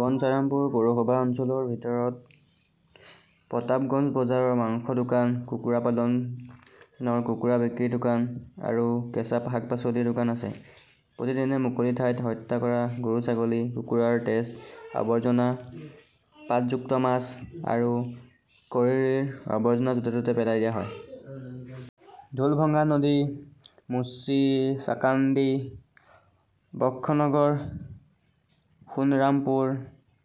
বনচাৰামপুৰ পৌৰসভা অঞ্চলৰ ভিতৰত প্ৰতাপগঞ্জ বজাৰৰ মাংসৰ দোকান, কুকুৰা পালনৰ কুকুৰা বিক্ৰীৰ দোকান আৰু কেঁচা শাক-পাচলিৰ দোকান আছে। প্ৰতিদিনে মুকলি ঠাইত হত্যা কৰা গৰু-ছাগলী, কুকুৰাৰ তেজ, আৱৰ্জনা, পাতযুক্ত মাছ আৰু কৰিৰিৰ আৱৰ্জনা য'তে -ত'তে পেলাই দিয়া হয়। ঢোলভঙ্গা নদী মুৰিচাকাণ্ডি, বখ্ৰনগৰ, সোণৰামপুৰ,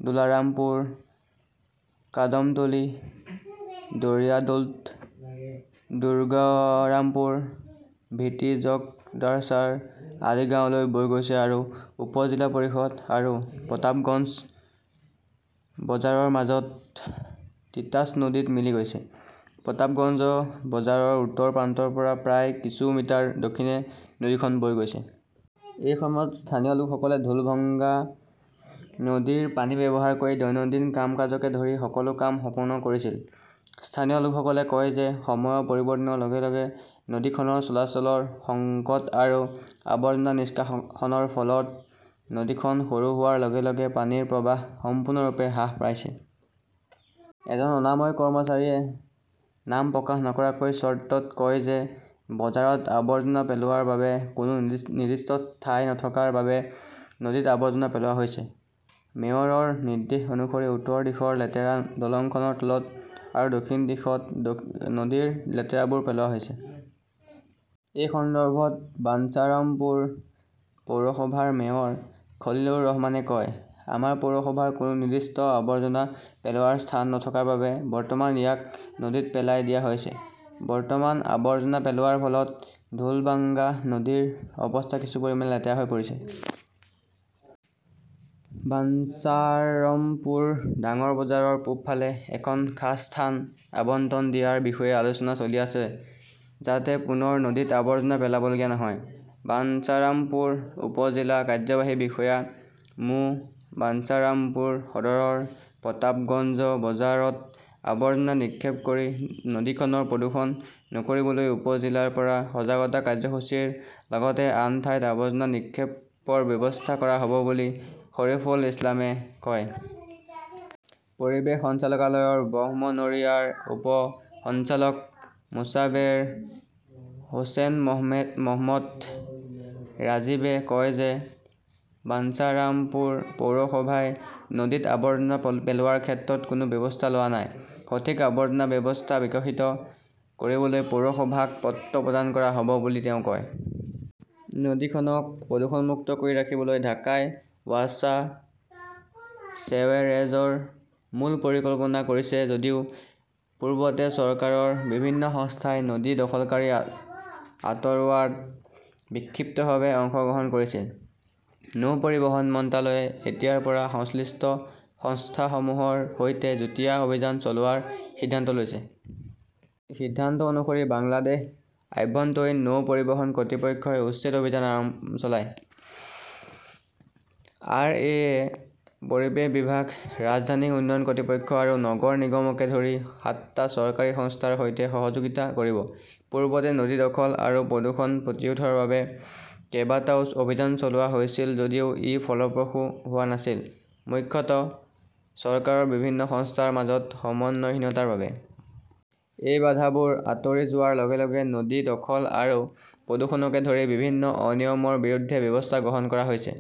দুলাৰামপুৰ, কাদমতলী, দৰিয়াদৌল্ট, দুৰ্গৰামপুৰ, ভিটিঝগডাৰচাৰ আদি গাঁৱলৈ বৈ গৈছে আৰু উপ-জিলা পৰিষদ আৰু প্ৰতাপগঞ্জ বজাৰৰ মাজত তিতাস নদীত মিলিত হৈছে। প্ৰতাপগঞ্জ বজাৰৰ উত্তৰ প্ৰান্তৰ পৰা প্ৰায় কিছু মিটাৰ দক্ষিণে নদীখন বৈ গৈছে। এসময়ত স্থানীয় লোকসকলে ঢোলভঙ্গা নদীৰ পানী ব্যৱহাৰ কৰি দৈনন্দিন কাম-কাজকে ধৰি সকলো কাম সম্পূৰ্ণ কৰিছিল। স্থানীয় লোকসকলে কয় যে সময়ৰ পৰিৱৰ্তনৰ লগে লগে নদীখনৰ চলাচলৰ সংকট আৰু আৱৰ্জনা নিষ্কাশনৰ ফলত নদীখন সৰু হোৱাৰ লগে লগে পানীৰ প্ৰৱাহ সম্পূৰ্ণৰূপে হ্ৰাস পাইছে। এজন অনাময় কৰ্মচাৰীয়ে নাম প্ৰকাশ নকৰাৰ চৰ্তত কয় যে বজাৰত আৱৰ্জনা পেলোৱাৰ বাবে কোনো নিৰ্দিষ্ট ঠাই নথকাৰ বাবে নদীত আৱৰ্জনা পেলোৱা হৈছে। মেয়ৰৰ নিৰ্দেশ অনুসৰি উত্তৰ দিশৰ লেতেৰা দলংখনৰ তলত আৰু দক্ষিণ দিশত নদীৰ লেতেৰাবোৰ পেলোৱা হৈছে। এই সন্দৰ্ভত বাঞ্চাৰমপুৰ পৌৰসভাৰ মেয়ৰ খলিলুৰ ৰহমানে কয়, আমাৰ পৌৰসভাৰ কোনো নিৰ্দিষ্ট আৱৰ্জনা পেলোৱাৰ স্থান নথকাৰ বাবে বৰ্তমান ইয়াক নদীত পেলাই দিয়া হৈছে। বৰ্তমান, আৱৰ্জনা পেলোৱাৰ ফলত ঢোলৱাংগা নদীৰ অৱস্থা কিছু পৰিমাণে লেতেৰা হৈ পৰিছে। বাঞ্চাৰমপুৰ ডাঙৰ বজাৰৰ পূবফালে এখন খাছ স্থান আবণ্টন দিয়াৰ বিষয়ে আলোচনা চলি আছে যাতে পুনৰ নদীত আৱৰ্জনা পেলাবলগীয়া নহয়। বানচাৰামপুৰ উপ-জিলা কাৰ্যবাহী বিষয়া মো. বাঞ্চাৰামপুৰ সদৰৰ প্ৰতাবগঞ্জ বজাৰত আৱৰ্জনা নিক্ষেপ কৰি নদীখনক প্ৰদূষণ নকৰিবলৈ উপ-জিলাৰ পৰা সজাগতা কাৰ্যসূচীৰ লগতে আন ঠাইত আৱৰ্জনা নিক্ষেপৰ ব্যৱস্থা কৰা হ "ব বুলি শৰীফুল ইছলামে কয়। পৰিৱেশ সঞ্চালকালয়ৰ ব্ৰহ্মনৰিয়াৰ উপ সঞ্চালক মোছাবেৰ হোসেন মহম্মদ ৰাজীবে কয় যে বাঞ্চাৰামপুৰ পৌৰসভাই নদীত আৱৰ্জনা পেলোৱাৰ ক্ষেত্ৰত কোনো ব্যৱস্থা লোৱা নাই। সঠিক আৱৰ্জনা ব্যৱস্থা বিকশিত কৰিবলৈ পৌৰসভাক পত্ৰ প্ৰদান কৰা হ'ব বুলি তেওঁ কয়। নদীখনক প্ৰদূষণমুক্ত কৰি ৰাখিবলৈ ঢাকাই ৱাছা ছেৱেৰেজৰ মূল পৰিকল্পনা কৰিছে যদিও পূৰ্বতে চৰকাৰৰ বিভিন্ন সংস্থাই নদী দখলকাৰী আঁতৰোৱাত বিক্ষিপ্তভাৱে অংশগ্ৰহণ কৰিছিল, নৌ পৰিবহণ মন্ত্ৰালয়ে এতিয়াৰ পৰা সংশ্লিষ্ট সংস্থাসমূহৰ সৈতে যুটীয়া অভিযান চলোৱাৰ সিদ্ধান্ত লৈছে। সিদ্ধান্ত অনুসৰি বাংলাদেশ আভ্যন্তৰীণ নৌ পৰিবহণ কৰ্তৃপক্ষই উচ্ছেদ অভিযান চলাব। আৰ. এ. -য়ে পৰিৱেশ বিভাগ, ৰাজধানী উন্নয়ন কৰ্তৃপক্ষ আৰু নগৰ নিগমকে ধৰি সাতটা চৰকাৰী সংস্থাৰ সৈতে সহযোগিতা কৰিব। পূৰ্বতে নদী দখল আৰু প্ৰদূষণ প্ৰতিৰোধৰ বাবে কেইবাটাও অভিযান চলোৱা হৈছিল যদিও ই ফলপ্ৰসূ হোৱা নাছিল, মুখ্যতঃ চৰকাৰৰ বিভিন্ন সংস্থাৰ মাজত সমন্বয়হীনতাৰ বাবে। এই বাধাবোৰ আঁতৰি যোৱাৰ লগে লগে নদী দখল আৰু প্ৰদূষণকে ধৰি বিভিন্ন অনিয়মৰ বিৰুদ্ধে ব্যৱস্থা গ্ৰহণ কৰা হৈছে।